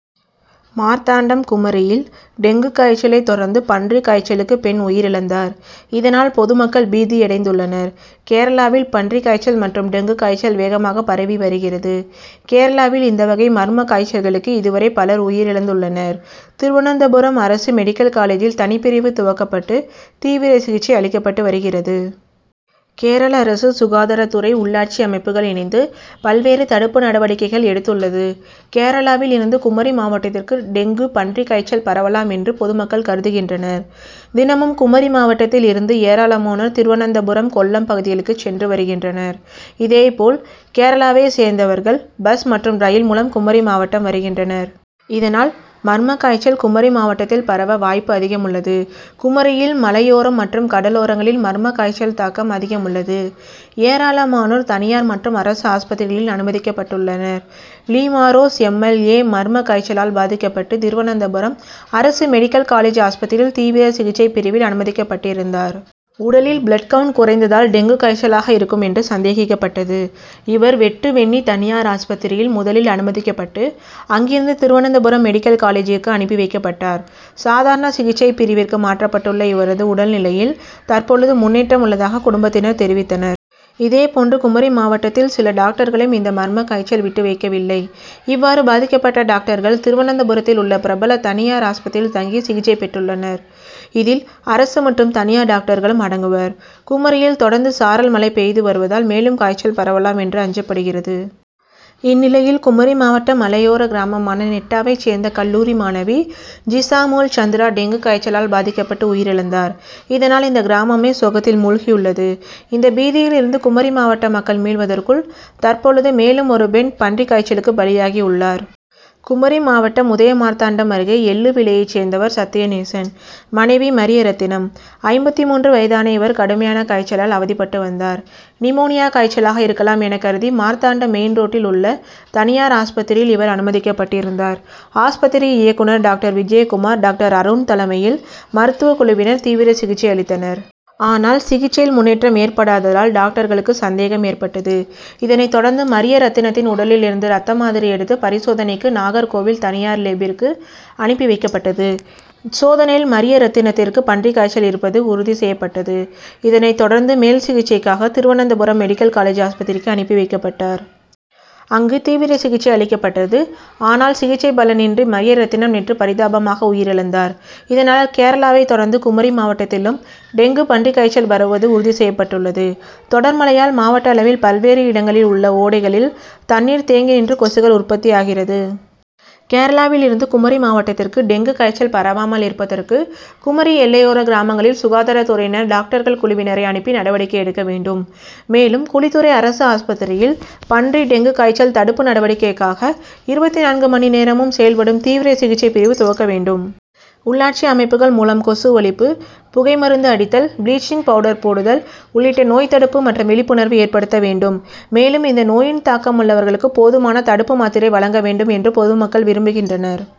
மார்த்தாண்டம் குமரியில் டெங்கு காய்ச்சலை தொடர்ந்து பன்றி காய்ச்சலுக்கு பெண் உயிரிழந்தார். இதனால் பொதுமக்கள் பீதியடைந்துள்ளனர். கேரளாவில் பன்றி காய்ச்சல் மற்றும் டெங்கு காய்ச்சல் வேகமாக பரவி வருகிறது. கேரளாவில் இந்த வகை மர்ம காய்ச்சல்களுக்கு இதுவரை பலர் உயிரிழந்துள்ளனர். திருவனந்தபுரம் அரசு மெடிக்கல் காலேஜில் தனிப்பிரிவு துவக்கப்பட்டு தீவிர சிகிச்சை அளிக்கப்பட்டு வருகிறது. கேரள அரசு, சுகாதாரத்துறை, உள்ளாட்சி அமைப்புகள் இணைந்து பல்வேறு தடுப்பு நடவடிக்கைகள் எடுத்துள்ளது. கேரளாவில் இருந்து குமரி மாவட்டத்திற்கு டெங்கு, பன்றி காய்ச்சல் பரவலாம் என்று பொதுமக்கள் கருதுகின்றனர். தினமும் குமரி மாவட்டத்தில் இருந்து ஏராளமானோர் திருவனந்தபுரம், கொல்லம் பகுதிகளுக்கு சென்று வருகின்றனர். இதை போல் கேரளாவை சேர்ந்தவர்கள் பஸ் மற்றும் ரயில் மூலம் குமரி மாவட்டம் வருகின்றனர். இதனால் மர்ம காய்ச்சல் குமரி மாவட்டத்தில் பரவ வாய்ப்பு அதிகமுள்ளது. குமரியில் மலையோரம் மற்றும் கடலோரங்களில் மர்ம காய்ச்சல் தாக்கம் அதிகமுள்ளது. ஏராளமானோர் தனியார் மற்றும் அரசு ஆஸ்பத்திரிகளில் அனுமதிக்கப்பட்டுள்ளனர். லீமாறோஸ் எம். எல். ஏ., மர்ம காய்ச்சலால் பாதிக்கப்பட்டு திருவனந்தபுரம் அரசு மெடிக்கல் காலேஜ் ஆஸ்பத்திரியில் தீவிர சிகிச்சை பிரிவில் அனுமதிக்கப்பட்டிருந்தார். உடலில் பிளட் கவுண்ட் குறைந்ததால் டெங்கு காய்ச்சலாக இருக்கும் என்று சந்தேகிக்கப்பட்டது. இவர் வெட்டுவெந்நி தனியார் ஆஸ்பத்திரியில் முதலில் அனுமதிக்கப்பட்டு, அங்கிருந்து திருவனந்தபுரம் மெடிக்கல் காலேஜிற்கு அனுப்பி வைக்கப்பட்டார். சாதாரண சிகிச்சை பிரிவிற்கு மாற்றப்பட்டுள்ள இவரது உடல் நிலையில் தற்பொழுது முன்னேற்றம் உள்ளதாக குடும்பத்தினர் தெரிவித்தனர். இதேப்போன்று குமரி மாவட்டத்தில் சில டாக்டர்களையும் இந்த மர்ம காய்ச்சல் விட்டு வைக்கவில்லை. இவ்வாறு பாதிக்கப்பட்ட டாக்டர்கள் திருவனந்தபுரத்தில் உள்ள பிரபல தனியார் ஆஸ்பத்திரியில் தங்கி சிகிச்சை பெற்றுள்ளனர். இதில் அரசு மற்றும் தனியார் டாக்டர்களும் அடங்குவர். குமரியில் தொடர்ந்து சாரல் மழை பெய்து வருவதால் மேலும் காய்ச்சல் பரவலாம் என்று அஞ்சப்படுகிறது. இந்நிலையில் குமரி மாவட்ட மலையோர கிராமமான நெட்டாவை சேர்ந்த கல்லூரி மாணவி ஜிசாமோள்சந்திரா டெங்கு காய்ச்சலால் பாதிக்கப்பட்டு உயிரிழந்தார். இதனால் இந்த கிராமமே சோகத்தில் முழ்கியுள்ளது. இந்த பீதியில் இருந்து குமரி மாவட்ட மக்கள் மீள்வதற்குள் தற்பொழுது மேலும் ஒரு பெண் பன்றி காய்ச்சலுக்கு பலியாகியுள்ளார். குமரி மாவட்டம், உதயமார்த்தாண்டம் அருகே எள்ளுவிளையை சேர்ந்தவர் சத்தியநேசன் மனைவி மரியரத்தினம். ஐம்பத்து மூன்று வயதான இவர் கடுமையான காய்ச்சலால் அவதிப்பட்டு வந்தார். நிமோனியா காய்ச்சலாக இருக்கலாம் என கருதி மார்த்தாண்டம் மெயின் ரோட்டில் உள்ள தனியார் ஆஸ்பத்திரியில் இவர் அனுமதிக்கப்பட்டிருந்தார். ஆஸ்பத்திரி இயக்குனர் டாக்டர் விஜயகுமார், டாக்டர் அருண் தலைமையில் மருத்துவ குழுவினர் தீவிர சிகிச்சை அளித்தனர். ஆனால் சிகிச்சையில் முன்னேற்றம் ஏற்படாததால் டாக்டர்களுக்கு சந்தேகம் ஏற்பட்டது. இதனை தொடர்ந்து மரியரத்தினத்தின் உடலில் இருந்து ரத்த மாதிரி எடுத்து பரிசோதனைக்கு நாகர்கோவில் தனியார் லேப்பிற்கு அனுப்பி வைக்கப்பட்டது. சோதனையில் மரியரத்தினத்திற்கு பன்றி காய்ச்சல் இருப்பது உறுதி செய்யப்பட்டது. இதனை தொடர்ந்து மேல் சிகிச்சைக்காக திருவனந்தபுரம் மெடிக்கல் காலேஜ் ஆஸ்பத்திரிக்கு அனுப்பி வைக்கப்பட்டார். அங்கு தீவிர சிகிச்சை அளிக்கப்பட்டது. ஆனால் சிகிச்சை பலனின்றி மரியரத்தினம் நேற்று பரிதாபமாக உயிரிழந்தார். இதனால் கேரளாவை தொடர்ந்து குமரி மாவட்டத்திலும் டெங்கு, பன்றி காய்ச்சல் பரவுவது உறுதி செய்யப்பட்டுள்ளது. தொடர் மழையால் மாவட்ட அளவில் பல்வேறு இடங்களில் உள்ள ஓடைகளில் தண்ணீர் தேங்கி நின்று கொசுக்கள் உற்பத்தியாகிறது. கேரளாவில் இருந்து குமரி மாவட்டத்திற்கு டெங்கு காய்ச்சல் பரவாமல் இருப்பதற்கு குமரி எல்லையோர கிராமங்களில் சுகாதாரத்துறையினர் டாக்டர்கள் குழுவினரை அனுப்பி நடவடிக்கை எடுக்க வேண்டும். மேலும் குழித்துறை அரசு ஆஸ்பத்திரியில் பன்றி, டெங்கு காய்ச்சல் தடுப்பு நடவடிக்கைக்காக இருபத்து நான்கு மணி நேரமும் செயல்படும் தீவிர சிகிச்சை பிரிவு துவக்க வேண்டும். உள்ளாட்சி அமைப்புகள் மூலம் கொசு ஒழிப்பு புகைமருந்து அடித்தல், பிளீச்சிங் பவுடர் போடுதல் உள்ளிட்ட நோய் தடுப்பு மற்றும் விழிப்புணர்வு ஏற்படுத்த வேண்டும். மேலும் இந்த நோயின் தாக்கம் உள்ளவர்களுக்கு போதுமான தடுப்பு மாத்திரை வழங்க வேண்டும் என்று பொதுமக்கள் விரும்புகின்றனர்.